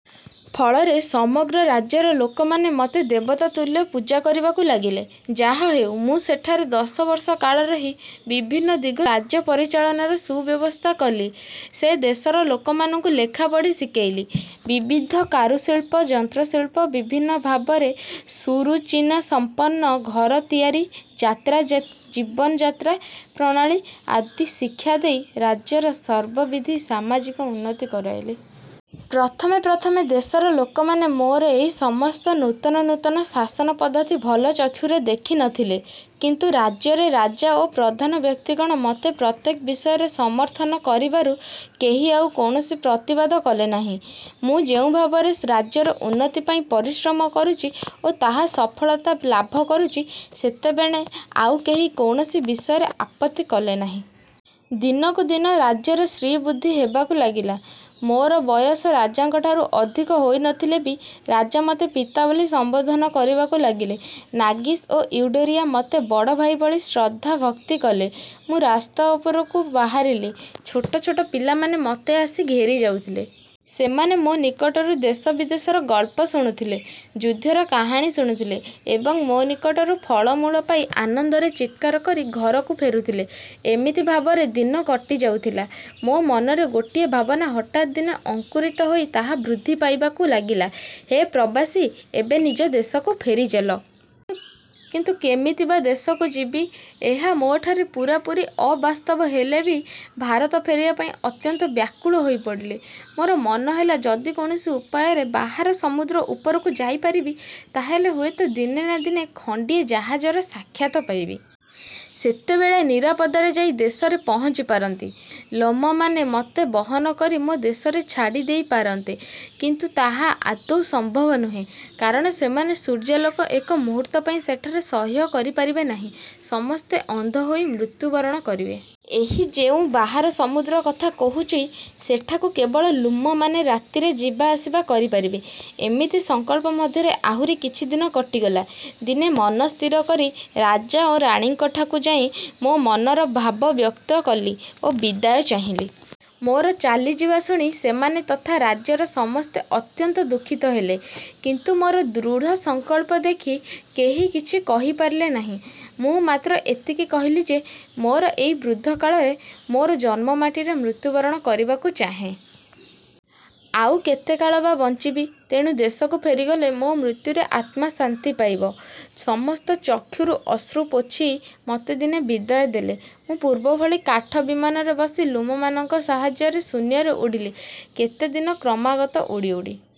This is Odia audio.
ଫଳରେ ସମଗ୍ର ରାଜ୍ୟର ଲୋକମାନେ ମୋତେ ଦେବତା ତୁଲ୍ୟ ପୂଜା କରିବାକୁ ଲାଗିଲେ। ଯାହାହେଉ ମୁଁ ସେଠାରେ ଦଶବର୍ଷ କାଳ ରହି ବିଭିନ୍ନ ଦିଗରୁ ରାଜ୍ୟ ପରିଚାଳନାର ସୁବ୍ୟବସ୍ଥା କଲି। ସେ ଦେଶର ଲୋକମାନଙ୍କୁ ଲେଖାପଢ଼ା ଶିଖାଇଲି। ବିବିଧ କାରୁଶିଳ୍ପ, ଯନ୍ତ୍ରଶିଳ୍ପ, ବିଭିନ୍ନ ଭାବରେ ସୁରୁଚିସମ୍ପନ୍ନ ଘର ତିଆରି, ଜୀବନଯାତ୍ରା ପ୍ରଣାଳୀ ଆଦି ଶିକ୍ଷା ଦେଇ ରାଜ୍ୟର ସର୍ବବିଧ ସାମାଜିକ ଉନ୍ନତି କରାଇଲି। ପ୍ରଥମେ ପ୍ରଥମେ ଦେଶର ଲୋକମାନେ ମୋର ଏଇ ସମସ୍ତ ନୂତନ ନୂତନ ଶାସନପଦ୍ଧତି ଭଲ ଚକ୍ଷୁରେ ଦେଖି ନ ଥିଲେ; କିନ୍ତୁ ରାଜ୍ୟର ରାଜା ଓ ପ୍ରଧାନ ବ୍ୟକ୍ତିଗଣ ମୋତେ ପ୍ରତ୍ୟେକ ବିଷୟରେ ସମର୍ଥନ କରିବାରୁ, କେହି ଆଉ କୌଣସି ପ୍ରତିବାଦ କଲେ ନାହିଁ। ମୁଁ ଯେଉଁ ଭାବରେ ରାଜ୍ୟର ଉନ୍ନତିପାଇଁ ପରିଶ୍ରମ କରୁଛି ଓ ତାହା ସଫଳତା ଲାଭ କରୁଛି, ସେତେବେଳେ ଆଉ କେହି କୌଣସି ବିଷୟରେ ଆପତ୍ତି କଲେ ନାହିଁ। ଦିନକୁ ଦିନ ରାଜ୍ୟର ଶ୍ରୀବୃଦ୍ଧି ହେବାକୁ ଲାଗିଲା। ମୋର ବୟସ ରାଜାଙ୍କଠାରୁ ଅଧିକ ହୋଇନଥିଲେ ବି ରାଜା ମୋତେ ପିତା ବୋଲି ସମ୍ବୋଧନ କରିବାକୁ ଲାଗିଲେ। ନାସିଗ୍ ଓ ଇଉଓୟାରକି ମୋତେ ବଡ଼ଭାଇ ଭଳି ଶ୍ରଦ୍ଧା ଓ ଭକ୍ତି କଲେ। ମୁଁ ରାସ୍ତା ଉପରକୁ ବାହାରିଲେ ଛୋଟ ଛୋଟ ପିଲାମାନେ ମୋତେ ଆସି ଘେରି ଯାଉଥିଲେ। ସେମାନେ ମୋ ନିକଟରୁ ଦେଶ-ବିଦେଶର ଗଳ୍ପ ଶୁଣୁଥିଲେ, ଯୁଦ୍ଧର କାହାଣୀ ଶୁଣୁଥିଲେ ଏବଂ ମୋ ନିକଟରୁ ଫଳମୂଳ ପାଇ ଆନନ୍ଦରେ ଚିତ୍କାର କରି ଘରକୁ ଫେରୁଥିଲେ। ଏମିତି ଭାବରେ ଦିନ କଟିଯାଉଥିଲା। ମୋ ମନର ଗୋଟିଏ ଭାବନା ହଠାତ୍ ଦିନେ ଅଙ୍କୁରିତ ହୋଇ ତାହା ବୃଦ୍ଧି ପାଇବାକୁ ଲାଗିଲା,-''ହେ ପ୍ରବାସୀ, ଏବେ ନିଜ ଦେଶକୁ ଫେରି ଚାଲ-। '' କିନ୍ତୁ କେମିତି ବା ଦେଶକୁ ଯିବି, ଏହା ମୋ'ଠାରେ ପୂରାପୂରି ଅବାସ୍ତବ ହେଲେ ବି ଭାରତ ଫେରିବାପାଇଁ ଅତ୍ୟନ୍ତ ବ୍ୟାକୁଳ ହୋଇପଡ଼ିଲି। ମୋର ମନେହେଲା, ଯଦି କୌଣସି ଉପାୟରେ ବାହାର ସମୁଦ୍ର ଉପରକୁ ଯାଇପାରିବି, ତାହାହେଲେ ହୁଏତ ଦିନେ ନା ଦିନେ ଖଣ୍ଡିଏ ଜାହାଜର ସାକ୍ଷାତ ପାଇବି। ସେତେବେଳେ ନିରାପଦରେ ଯାଇ ଦେଶରେ ପହଞ୍ଚି ପାରନ୍ତି। ଲ୍ଲୁମମାନେ ମୋତେ ବହନ କରି ମୋ ଦେଶରେ ଛାଡ଼ିଦେଇ ପାରନ୍ତେ; କିନ୍ତୁ ତାହା ଆଦୌ ସମ୍ଭବ ନୁହେଁ, କାରଣ ସେମାନେ ସୂର୍ଯ୍ୟାଲୋକ ଏକ ମୁହୂର୍ତ୍ତପାଇଁ ସେଠାରେ ସହ୍ୟ କରିପାରିବେ ନାହିଁ। ସମସ୍ତେ ଅନ୍ଧ ହୋଇ ମୃତ୍ୟୁ ବରଣ କରିବେ। ଏହି ଯେଉଁ ବାହାର ସମୁଦ୍ର କଥା କହୁଛି, ସେଠାକୁ କେବଳ ଲ୍ଲୁମମାନେ ରାତିରେ ଯିବା ଆସିବା କରିପାରିବେ। ଏମିତି ସଂକଳ୍ପ ମଧ୍ୟରେ ଆହୁରି କିଛିଦିନ କଟିଗଲା। ଦିନେ ମନ ସ୍ଥିର କରି ରାଜା ଓ ରାଣୀଙ୍କଠାକୁ ଯାଇ ମୋ ମନର ଭାବ ବ୍ୟକ୍ତ କଲି ଓ ବିଦାୟ ଚାହିଁଲି। ମୋର ଚାଲିଯିବା ଶୁଣି ସେମାନେ ତଥା ରାଜ୍ୟର ସମସ୍ତେ ଅତ୍ୟନ୍ତ ଦୁଃଖିତ ହେଲେ। କିନ୍ତୁ ମୋର ଦୃଢ଼ ସଂକଳ୍ପ ଦେଖି କେହି କିଛି କହିପାରିଲେ ନାହିଁ। ମୁଁ ଏତିକି ମାତ୍ର କହିଲି ଯେ, ମୋର ଏହି ବୃଦ୍ଧ କାଳରେ ମୁଁ ମୋର ଜନ୍ମ ମାଟିରେ ମୃତ୍ୟୁବରଣ କରିବାକୁ ଚାହେଁ। ଆଉ କେତେକାଳ ବା ବଞ୍ଚିବି, ତେଣୁ ଦେଶକୁ ଫେରିଗଲେ ମୋ ମୃତ୍ୟୁରେ ଆତ୍ମା ଶାନ୍ତି ପାଇବ। ସମସ୍ତେ ଚକ୍ଷରୁ ଅଶ୍ରୁ ପୋଛି ମୋତେ ଦିନେ ବିଦାୟ ଦେଲେ। ମୁଁ ପୂର୍ବଭଳି କାଠ ବିମାନରେ ବସି ଲ୍ଲୁମମାନଙ୍କ ସାହାଯ୍ୟରେ ଶୂନ୍ୟରେ ଉଡ଼ିଲି। କେତେଦିନ କ୍ରମାଗତ ଉଡ଼ି ଉଡ଼ି